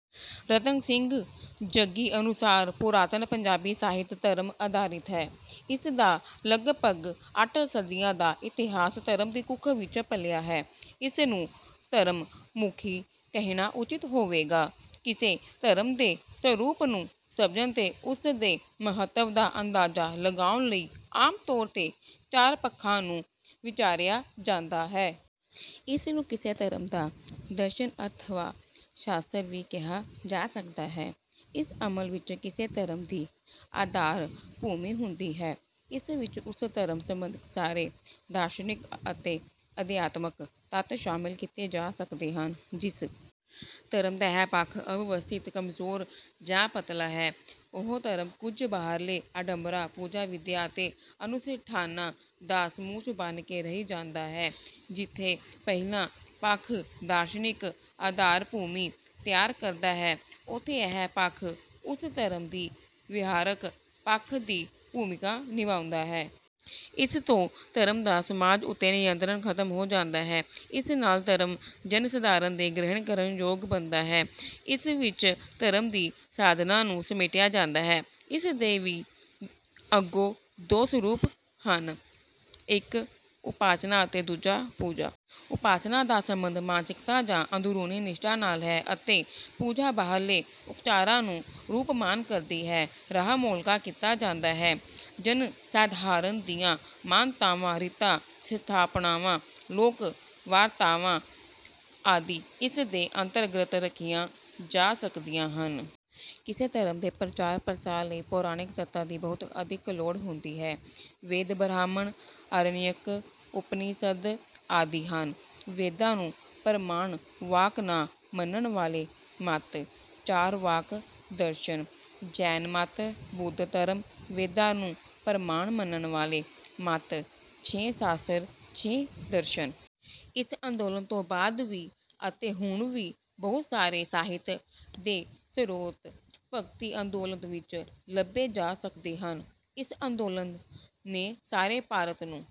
ਰਤਨ ਸਿੰਘ ਜੱਗੀ ਅਨੁਸਾਰ, ਪੁਰਾਤਨ ਪੰਜਾਬੀ ਸਾਹਿਤ ਧਰਮ-ਆਧਾਰਿਤ ਹੈ। ਇਸ ਦਾ ਲਗਭਗ ਅੱਠ ਸਦੀਆਂ ਦਾ ਇਤਿਹਾਸ ਧਰਮ ਦੀ ਕੁੱਖ ਵਿੱਚ ਪਲਿਆ ਹੈ। ਇਸ ਨੂੰ ਧਰਮ-ਮੁਖੀ ਕਹਿਣਾ ਉਚਿਤ ਹੋਵੇਗਾ। ਕਿਸੇ ਧਰਮ ਦੇ ਸਰੂਪ ਨੂੰ ਸਮਝਣ ਤੇ ਉਸ ਦੇ ਮਹੱਤਵ ਦਾ ਅੰਦਾਜ਼ਾ ਲਗਾਉਣ ਲਈ ਆਮ ਤੌਰ ’ਤੇ ਚਾਰ ਪੱਖਾਂ ਨੂੰ ਵਿਚਾਰਿਆ ਜਾਂਦਾ ਹੈ। ਇਸ ਨੂੰ ਕਿਸੇ ਧਰਮ ਦਾ ਦਰਸ਼ਨ ਅਥਵਾ ਸ਼ਾਸਤਰ ਵੀ ਕਿਹਾ ਜਾ ਸਕਦਾ ਹੈ। ਇਸ ਅਮਲ ਵਿੱਚ ਕਿਸੇ ਧਰਮ ਦੀ ਆਧਾਰ-ਭੂਮੀ ਹੁੰਦੀ ਹੈ। ਇਸ ਵਿੱਚ ਉਸ ਧਰਮ ਸੰਬੰਧੀ ਸਾਰੇ ਦਾਰਸ਼ਨਿਕ ਅਤੇ ਅਧਿਆਤਮਕ ਤੱਤ ਸ਼ਾਮਲ ਕੀਤੇ ਜਾ ਸਕਦੇ ਹਨ। ਜਿਸ ਧਰਮ ਦਾ ਇਹ ਪੱਖ ਅਵਿਵਸਥਿਤ, ਕਮਜ਼ੋਰ ਜਾਂ ਪਤਲਾ ਹੈ, ਉਹ ਧਰਮ ਕੁਝ ਬਾਹਰਲੇ ਆਡੰਬਰਾਂ, ਪੂਜਾ-ਵਿਧੀਆਂ ਅਤੇ ਅਨੁਸ਼ਠਾਨਾਂ ਦਾ ਸਮੁੱਚ ਬਣ ਕੇ ਰਹਿ ਜਾਂਦਾ ਹੈ। ਜਿੱਥੇ ਪਹਿਲਾ ਪੱਖ ਦਾਰਸ਼ਨਿਕ ਆਧਾਰ-ਭੂਮੀ ਤਿਆਰ ਕਰਦਾ ਹੈ, ਉੱਥੇ ਇਹ ਪੱਖ ਉਸ ਧਰਮ ਦੀ ਵਿਹਾਰਕ ਪੱਖ ਦੀ ਭੂਮਿਕਾ ਨਿਭਾਉਂਦਾ ਹੈ। ਇਸ ਤੋਂ ਧਰਮ ਦਾ ਸਮਾਜ ਉੱਤੇ ਨਿਯੰਤਰਨ ਖ਼ਤਮ ਹੋ ਜਾਂਦਾ ਹੈ। ਇਸ ਨਾਲ ਧਰਮ ਜਨ-ਸਾਧਾਰਨ ਦੇ ਗ੍ਰਹਿਣ ਕਰਨ ਯੋਗ ਬਣਦਾ ਹੈ। ਇਸ ਵਿੱਚ ਧਰਮ ਦੀ ਸਾਧਨਾ ਨੂੰ ਸਮੇਟਿਆ ਜਾਂਦਾ ਹੈ। ਇਸ ਦੇ ਵੀ ਅੱਗੋਂ ਦੋ ਸਰੂਪ ਹਨ—ਇੱਕ ਉਪਾਸਨਾ ਅਤੇ ਦੂਜਾ ਪੂਜਾ। ਉਪਾਸਨਾ ਦਾ ਸੰਬੰਧ ਮਾਨਸਿਕਤਾ ਜਾਂ ਅੰਦਰੂਨੀ ਨਿਸ਼ਠਾ ਨਾਲ ਹੈ ਅਤੇ ਪੂਜਾ ਬਾਹਰਲੇ ਉਪਚਾਰਾਂ ਨੂੰ ਰੂਪਮਾਨ ਕਰਦੀ ਹੈ। ਰਾਹ ਮੋਕਲਾ ਕੀਤਾ ਜਾਂਦਾ ਹੈ। ਜਨ-ਸਾਧਾਰਨ ਦੀਆਂ ਮਾਨਤਾਵਾਂ, ਰੀਤਾਂ, ਸਥਾਪਨਾਵਾਂ, ਲੋਕ-ਵਾਰਤਾਵਾਂ ਆਦਿ ਇਸ ਦੇ ਅੰਤਰਗਤ ਰੱਖੀਆਂ ਜਾ ਸਕਦੀਆਂ ਹਨ। ਕਿਸੇ ਧਰਮ ਦੇ ਪ੍ਰਚਾਰ-ਪ੍ਰਸਾਰ ਲਈ ਪੌਰਾਣਿਕ ਤੱਤਾਂ ਦੀ ਬਹੁਤ ਅਧਿਕ ਲੋੜ ਹੁੰਦੀ ਹੈ। ਵੇਦ, ਬ੍ਰਾਹਮਣ, ਆਰਣਯਕ, ਉਪਨਿਸ਼ਦ ਆਦਿ ਹਨ। ਵੇਦਾਂ ਨੂੰ ਪ੍ਰਮਾਣ-ਵਾਕ ਨਾ ਮੰਨਣ ਵਾਲੇ ਮੱਤ—ਚਾਰਵਾਕ ਦਰਸ਼ਨ, ਜੈਨ ਮੱਤ, ਬੁੱਧ ਧਰਮ। ਵੇਦਾਂ ਨੂੰ ਪ੍ਰਮਾਣ ਮੰਨਣ ਵਾਲੇ ਮੱਤ—ਛੇ ਸ਼ਾਸਤਰ, ਛੇ ਦਰਸ਼ਨ। ਇਸ ਅੰਦੋਲਨ ਤੋਂ ਬਾਅਦ ਵੀ ਅਤੇ ਹੁਣ ਵੀ ਬਹੁਤ ਸਾਰੇ ਸਾਹਿਤ ਦੇ ਸਰੋਤ ਭਗਤੀ ਅੰਦੋਲਨ ਵਿੱਚੋਂ ਲੱਭੇ ਜਾ ਸਕਦੇ ਹਨ। ਇਸ ਅੰਦੋਲਨ ਨੇ ਸਾਰੇ ਭਾਰਤ ਨੂੰ...